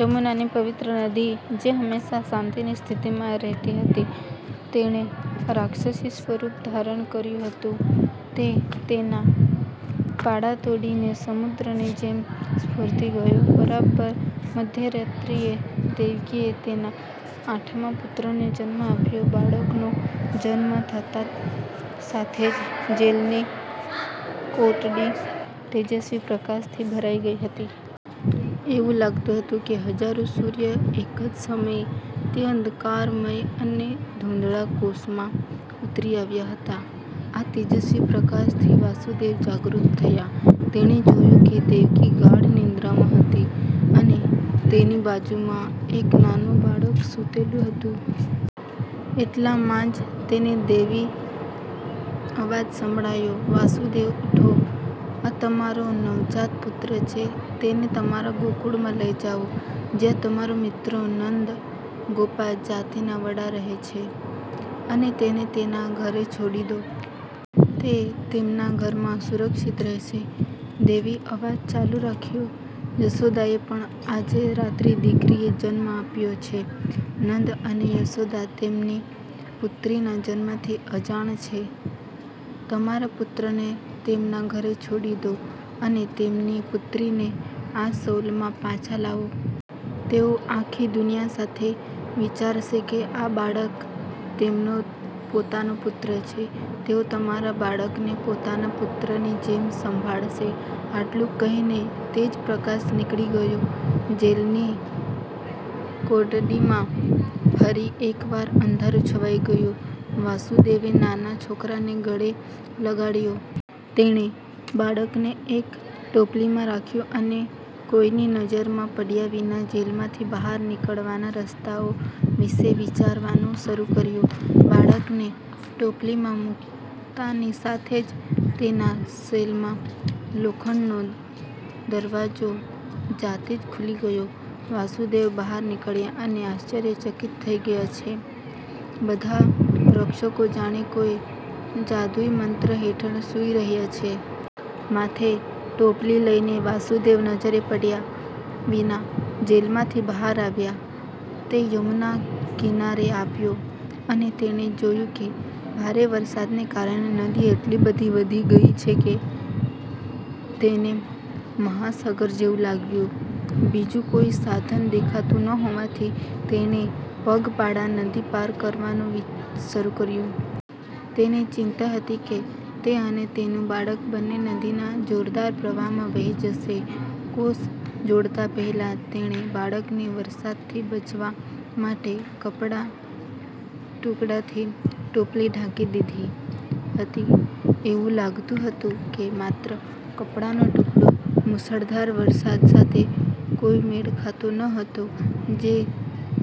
યમુનાની પવિત્ર નદી, જે હંમેશા શાંતિની સ્થિતિમાં રહેતી હતી, તેણે રાક્ષસી સ્વરૂપ ધારણ કર્યું હતું. તે તેના પાળા તોડીને સમુદ્રની જેમ ફૂલી ગયો. બરાબર મધ્યરાત્રિએ, દેવકીએ તેના આઠમા પુત્રને જન્મ આપ્યો. બાળકનો જન્મ થતાંની સાથે જ જેલની કોટડી તેજસ્વી પ્રકાશથી ભરાઈ ગઈ હતી. એવું લાગતું હતું કે હજારો સૂર્ય એક જ સમયે, તે અંધકારમય અને ધૂંધળા કોષમાં ઉતરી આવ્યા હતા. આ તેજસ્વી પ્રકાશથી વાસુદેવ જાગૃત થયા. તેણે જોયું કે દેવકી ગાઢ નિંદ્રામાં હતી અને તેની બાજુમાં એક નાનું બાળક સૂતેલું હતું. એટલામાં જ તેને દૈવી અવાજ સંભળાયો, વાસુદેવ, ઉઠો. આ તમારો નવજાત પુત્ર છે. તેને તમારા ગોકુળમાં લઈ જાઓ જ્યાં તમારો મિત્ર નંદ, ગોપા જાતિના વડા રહે છે, અને તેને તેના ઘરે છોડી દો. તે તેમના ઘરમાં સુરક્ષિત રહેશે. દૈવી અવાજ ચાલુ રાખ્યો, યશોદાએ પણ આજે રાત્રે દીકરીને જન્મ આપ્યો છે. નંદ અને યશોદા તેમની પુત્રીના જન્મથી અજાણ છે. તમારા પુત્રને તેમના ઘરે છોડી દો અને તેમની પુત્રીને આ સેલમાં પાછા લાવો. તેઓ આખી દુનિયા સાથે વિચારશે કે આ બાળક તેમનો પોતાનો પુત્ર છે. તેઓ તમારા બાળકને પોતાના પુત્રની જેમ સંભાળશે. આટલું કહીને તેજ પ્રકાશ નીકળી ગયો. જેલની કોટડીમાં ફરી એકવાર અંધારું છવાઈ ગયું. વાસુદેવે નાના છોકરાને ગળે લગાડ્યો. તેણે બાળકને એક ટોપલીમાં રાખ્યું અને કોઈની નજરમાં પડ્યા વિના જેલમાંથી બહાર નીકળવાના રસ્તાઓ વિશે વિચારવાનું શરૂ કર્યું. બાળકને ટોપલીમાં મૂકતાની સાથે જ તેના સેલનો લોખંડનો દરવાજો જાતે જ ખુલી ગયો. વાસુદેવ બહાર નીકળ્યા અને આશ્ચર્યચકિત થઈ ગયા કે બધા રક્ષકો જાણે કોઈ જાદુઈ મંત્ર હેઠળ સૂઈ રહ્યા છે. માથે ટોપલી લઈને વસુદેવ નજરે પડ્યા વિના જેલમાંથી બહાર આવ્યા. તે યમુનાના કિનારે આવ્યો અને તેણે જોયું કે ભારે વરસાદને કારણે નદી એટલી બધી વધી ગઈ છે કે તેને મહાસાગર જેવું લાગ્યું. બીજું કોઈ સાધન દેખાતું ન હોવાથી તેણે પગપાળા નદી પાર કરવાનું શરૂ કર્યું. તેને ચિંતા હતી કે તે અને તેનું બાળક બંને નદીના જોરદાર પ્રવાહમાં વહી જશે. કોષ છોડતા પહેલા તેણે બાળકને વરસાદથી બચાવવા માટે કપડાના ટુકડાથી ટોપલી ઢાંકી દીધી હતી. એવું લાગતું હતું કે માત્ર કાપડનો ટુકડો મુશળધાર વરસાદ સાથે કોઈ મેળ ખાતો ન હતો જે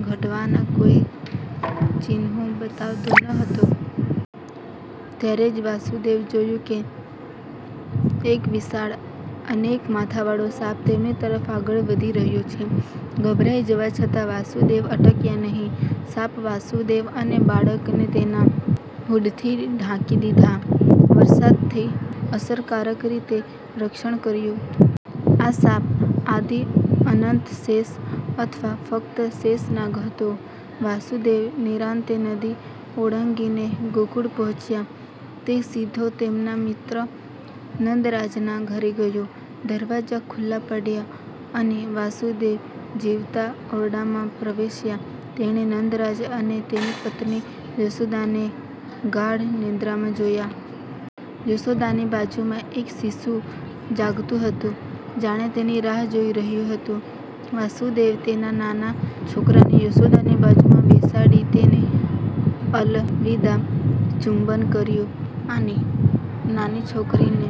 ઘટવાના કોઈ ચિહ્નો બતાવતો ન હતો. ત્યારે જ, વાસુદેવે જોયું કે એક વિશાળ, અનેક માથાવાળો સાપ તેમની તરફ આગળ વધી રહ્યો છે. ગભરાઈ જવા છતાં વાસુદેવ અટક્યા નહિ. સાપે વાસુદેવ અને બાળકને તેના હૂડથી ઢાંકી દીધા, વરસાદથી અસરકારક રીતે રક્ષણ કર્યું. આ સાપ આદિ-અનંત શેષ અથવા ફક્ત શેષ નાગ હતો.. વાસુદેવ નિરાંતે નદી ઓળંગીને ગોકુળ પહોંચ્યા. તે સીધો તેના મિત્ર નંદરાજના ઘરે ગયો. દરવાજા ખુલ્લા પડ્યા અને વાસુદેવ જીવતા ઓરડામાં પ્રવેશ્યા. તેણે નંદરાજ અને તેની પત્ની યશોદાને ગાઢ નિંદ્રામાં જોયા. યશોદાની બાજુમાં એક શિશુ જાગતું હતું, જાણે તેની રાહ જોઈ રહ્યું હતું. વાસુદેવે તેના નાના છોકરાને યશોદાની બાજુમાં બેસાડી, તેને અલવિદા ચુંબન કર્યું અને નાની છોકરીને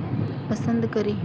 પસંદ કરી.